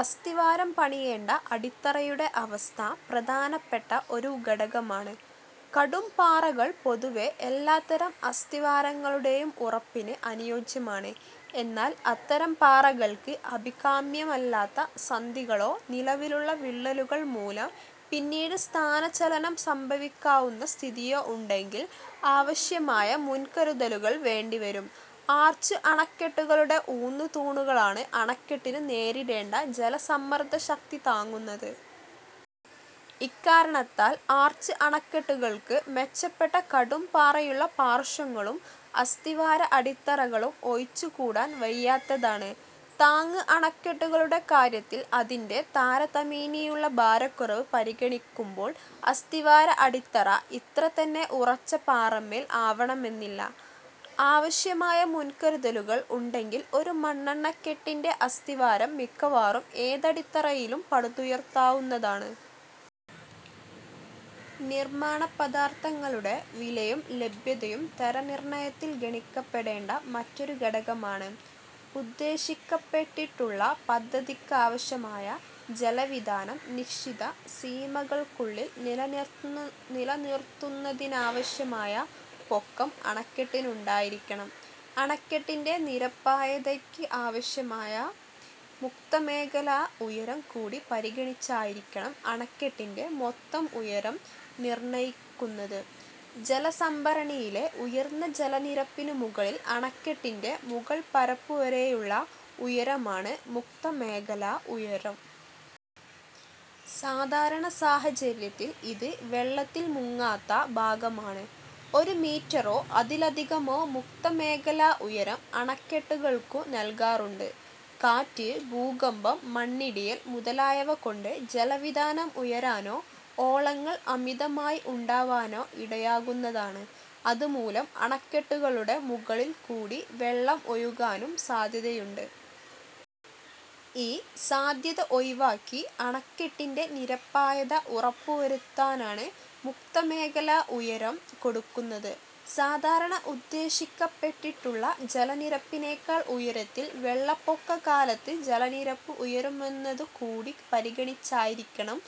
അസ്ഥിവാരം പണിയേണ്ട അടിത്തറയുടെ അവസ്ഥ പ്രധാനപ്പെട്ട ഒരു ഘടകമാണ്. കടുംപാറകൾ പൊതുവേ എല്ലാത്തരം അസ്ഥിവാരങ്ങളുടെയും ഉറപ്പിന് അനുയോജ്യമാണ്. എന്നാൽ അത്തരം പാറകൾക്ക് അഭികാമ്യമല്ലാത്ത സന്ധികളൊ, നിലവിലുള്ള വിള്ളലുകൾ മൂലം പിന്നീട് സ്ഥാന ചലനം സംഭവിക്കാവുന്ന സ്ഥിതിയോ ഉണ്ടെങ്കിൽ ആവശ്യമായ മുൻകരുതലുകൾ വേണ്ടി വരും. ആർച്ച് അണക്കെട്ടുകളുടെ ഊന്നു തൂണുകളാണ് അണക്കെട്ടിനു നേരിടേണ്ട ജലസമ്മർദ്ദ ശക്തി താങ്ങുന്നത്. ഇക്കാരണത്താൽ ആർച്ച് അണക്കെട്ടുകൾക്ക് മെച്ചപ്പെട്ട കടുംപാറയുള്ള പാർശ്വങ്ങളും, അസ്ഥിവാര അടിത്തറകളും ഒഴിച്ചു കൂടാൻ വയ്യാത്തതാണ്. താങ്ങ് അണക്കെട്ടുകളുടെ കാര്യത്തിൽ, അതിന്റെ താരതമ്യേനയുള്ള ഭാരക്കുറവ് പരിഗണിക്കുമ്പോൾ അസ്ഥിവാര-അടിത്തറ ഇത്ര തന്നെ ഉറച്ച പാറമേൽ ആവണമെന്നില്ല. ആവശ്യമായ മുൻകരുതലുകൾ ഉണ്ടെങ്കിൽ ഒരു മണ്ണണക്കെട്ടിന്റെ അസ്ഥിവാരം മിക്കവാറും ഏതടിത്തറയിലും പടുത്തുയർത്താവുന്നതാണ്. നിർമ്മാണ പദാർഥങ്ങളുടെ വിലയും ലഭ്യതയും തര നിർണയത്തിൽ ഗണിക്കപ്പെടേണ്ട മറ്റൊരു ഘടകമാണ്. ഉദ്ദേശിക്കപ്പെട്ടിട്ടുള്ള പദ്ധതിക്കാവശ്യമായ ജല വിതാനം നിശ്ചിത സീമകൾക്കുള്ളിൽ നിലനിർത്തുന്നതിനാവശ്യമായ പൊക്കം അണക്കെട്ടിനുണ്ടായിരിക്കണം. അണക്കെട്ടിന്റെ നിരപായതയ്ക്ക് ആവശ്യമായ മുക്തമേഖലാ-ഉയരം കൂടി പരിഗണിച്ചായിരിക്കണം അണക്കെട്ടിന്റെ മൊത്തം ഉയരം നിർണ്ണ്ണയിക്കുന്നത്. ജലസംഭരണിയിലെ ഉയർന്ന ജല നിരപ്പിനു മുകളിൽ അണക്കെട്ടിന്റെ മുകൾപരപ്പുവരെയുള്ള ഉയരമാണ് മുക്ത മേഖലാ ഉയരം. സാധാരണ സാഹചര്യത്തിൽ ഇത് വെള്ളത്തിൽ മുങ്ങാത്ത ഭാഗമാണ്. ഒരു മീറ്ററോ അതിലധികമോ മുക്ത മേഖലാ ഉയരം അണക്കെട്ടുകൾക്കു നൽകാറുണ്ട്. കാറ്റ്, ഭൂകമ്പം, മണ്ണിടിയൽ മുതലായവ കൊണ്ട് ജല വിതാനം ഉയരാനോ, ഓളങ്ങൾ അമിതമായി ഉണ്ടാവാനോ ഇടയാകുന്നതാണ്. അതുമൂലം അണക്കെട്ടുകളുടെ മുകളിൽ കൂടി വെള്ളം ഒഴുകാനും സാദ്ധ്യതയുണ്ട്. ഈ സാദ്ധ്യത ഒഴിവാക്കി അണക്കെട്ടിന്റെ നിരപായത ഉറപ്പു വരുത്താനാണ് മുക്തമേഖലാ-ഉയരം കൊടുക്കുന്നത്. സാധാരണ ഉദ്ദേശിക്കപ്പെട്ടിട്ടുള്ള ജലനിരപ്പിനേക്കാൾ ഉയരത്തിൽ വെള്ളപ്പൊക്ക കാലത്ത് ജലനിരപ്പ് ഉയരുമെന്നതു കൂടി പരിഗണിച്ചായിരിക്കണം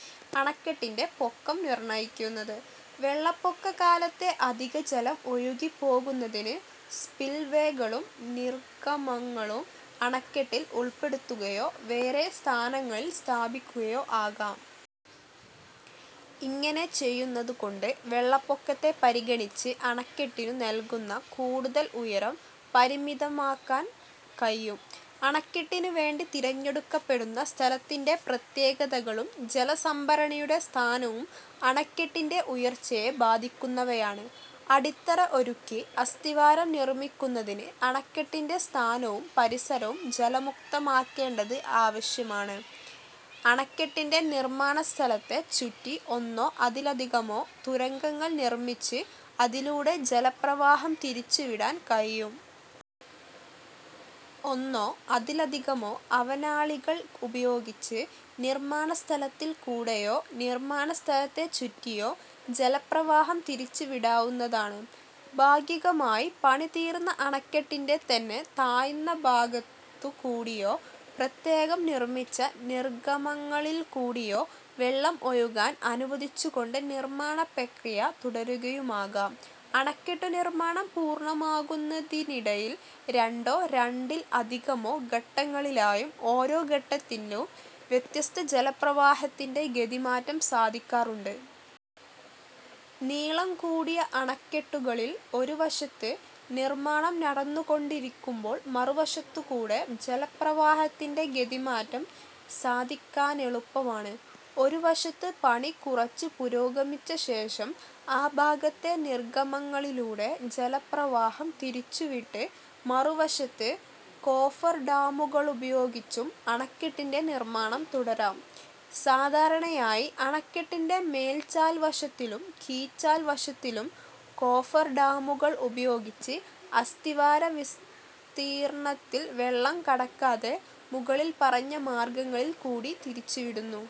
അണക്കെട്ടിന്റെ പൊക്കം നിർണ്ണ്ണയിക്കുന്നത്. വെള്ളപ്പൊക്ക കാലത്തെ അധിക ജലം ഒഴുകി പോകുന്നതിന് സ്പിൽവേകളും നിർഗ്ഗമങ്ങളും അണക്കെട്ടിൽ ഉൾപ്പെടുത്തുകയൊ, വേറെ സ്ഥാനങ്ങളിൽ സ്ഥാപിക്കുകയൊ ആകാം. ഇങ്ങനെ ചെയ്യുന്നതു കൊണ്ട് വെള്ളപ്പൊക്കത്തെ പരിഗണിച്ച് അണക്കെട്ടിനു നൽകുന്ന കൂടുതൽ ഉയരം പരിമിതമാക്കാൻ കഴിയും. അണക്കെട്ടിനു വേണ്ടി തിരഞ്ഞെടുക്കപ്പെടുന്ന സ്ഥലത്തിന്റെ പ്രത്യേകതകളും ജലസംഭരണിയുടെ സ്ഥാനവും അണക്കെട്ടിന്റെ ഉയർച്ചയെ ബാധിക്കുന്നവയാണ്. അടിത്തറ ഒരുക്കി അസ്ഥിവാരം നിർമ്മിക്കുന്നതിന് അണക്കെട്ടിന്റെ സ്ഥാനവും പരിസരവും ജലമുക്തമാക്കേണ്ടത് ആവശ്യമാണ്. അണക്കെട്ടിന്റെ നിർമ്മാണ സ്ഥലത്തെ ചുറ്റി ഒന്നോ അധികമോ തുരങ്കങ്ങൾ നിർമ്മിച്ച് അതിലൂടെ ജല പ്രവാഹം തിരിച്ചു വിടാൻ കഴിയും. ഒന്നോ അതിലധികമോ അവനാളികൾ ഉപയോഗിച്ച് നിർമ്മാണ സ്ഥലത്തിൽ കൂടെയോ, നിർമ്മാണ സ്ഥലത്തെ ചുറ്റിയോ ജല പ്രവാഹം തിരിച്ചു വിടാവുന്നതാണ്. ഭാഗികമായി പണി തീർന്ന അണക്കെട്ടിന്റെ തന്നെ താഴ്ന്ന ഭാഗത്തു കൂടിയോ പ്രത്യേകം നിർമ്മിച്ച നിർഗമങ്ങളിൽകൂടിയോ വെള്ളം ഒഴുകാൻ അനുവദിച്ചു കൊണ്ട് നിർമ്മാണ പ്രക്രിയ തുടരുകയുമാകാം. അണക്കെട്ടു നിർമ്മാണം പൂർണമാകുന്നതിനിടയിൽ രണ്ടോ രണ്ടിൽ അധികമോ ഘട്ടങ്ങളിലായും ഓരോ ഘട്ടത്തിലും വ്യത്യസ്ത ജലപ്രവാഹത്തിന്റെ ഗതി മാറ്റം സാധിക്കാറുണ്ട്. നീളം കൂടിയ അണക്കെട്ടുകളിൽ ഒരുവശത്ത് നിർമ്മാണം നടന്നുകൊണ്ടിരിക്കുമ്പോൾ മറുവശത്തുകൂടെ ജലപ്രവാഹത്തിന്റെ ഗതിമാറ്റം സാധിക്കാനെളുപ്പമാണ്. ഒരുവശത്ത് പണി കുറച്ച് പുരോഗമിച്ചശേഷം ആ ഭാഗത്തെ നിർഗമങ്ങളിലൂടെ ജലപ്രവാഹം തിരിച്ചുവിട്ട് മറുവശത്ത് കോഫർഡാമുകളുപയോഗിച്ചും അണക്കെട്ടിന്റെ നിർമ്മാണം തുടരാം. സാധാരണയായി അണക്കെട്ടിന്റെ മേൽചാൽവശത്തിലും കീഴ്ചാൽവശത്തിലും കോഫർഡാമുകൾ ഉപയോഗിച്ച് അസ്തിവാരവിസ്തീർണത്തിൽ വെള്ളം കടക്കാതെ മുകളിൽ പറഞ്ഞ മാർഗങ്ങളിൽ കൂടി തിരിച്ചുവിടുന്നു.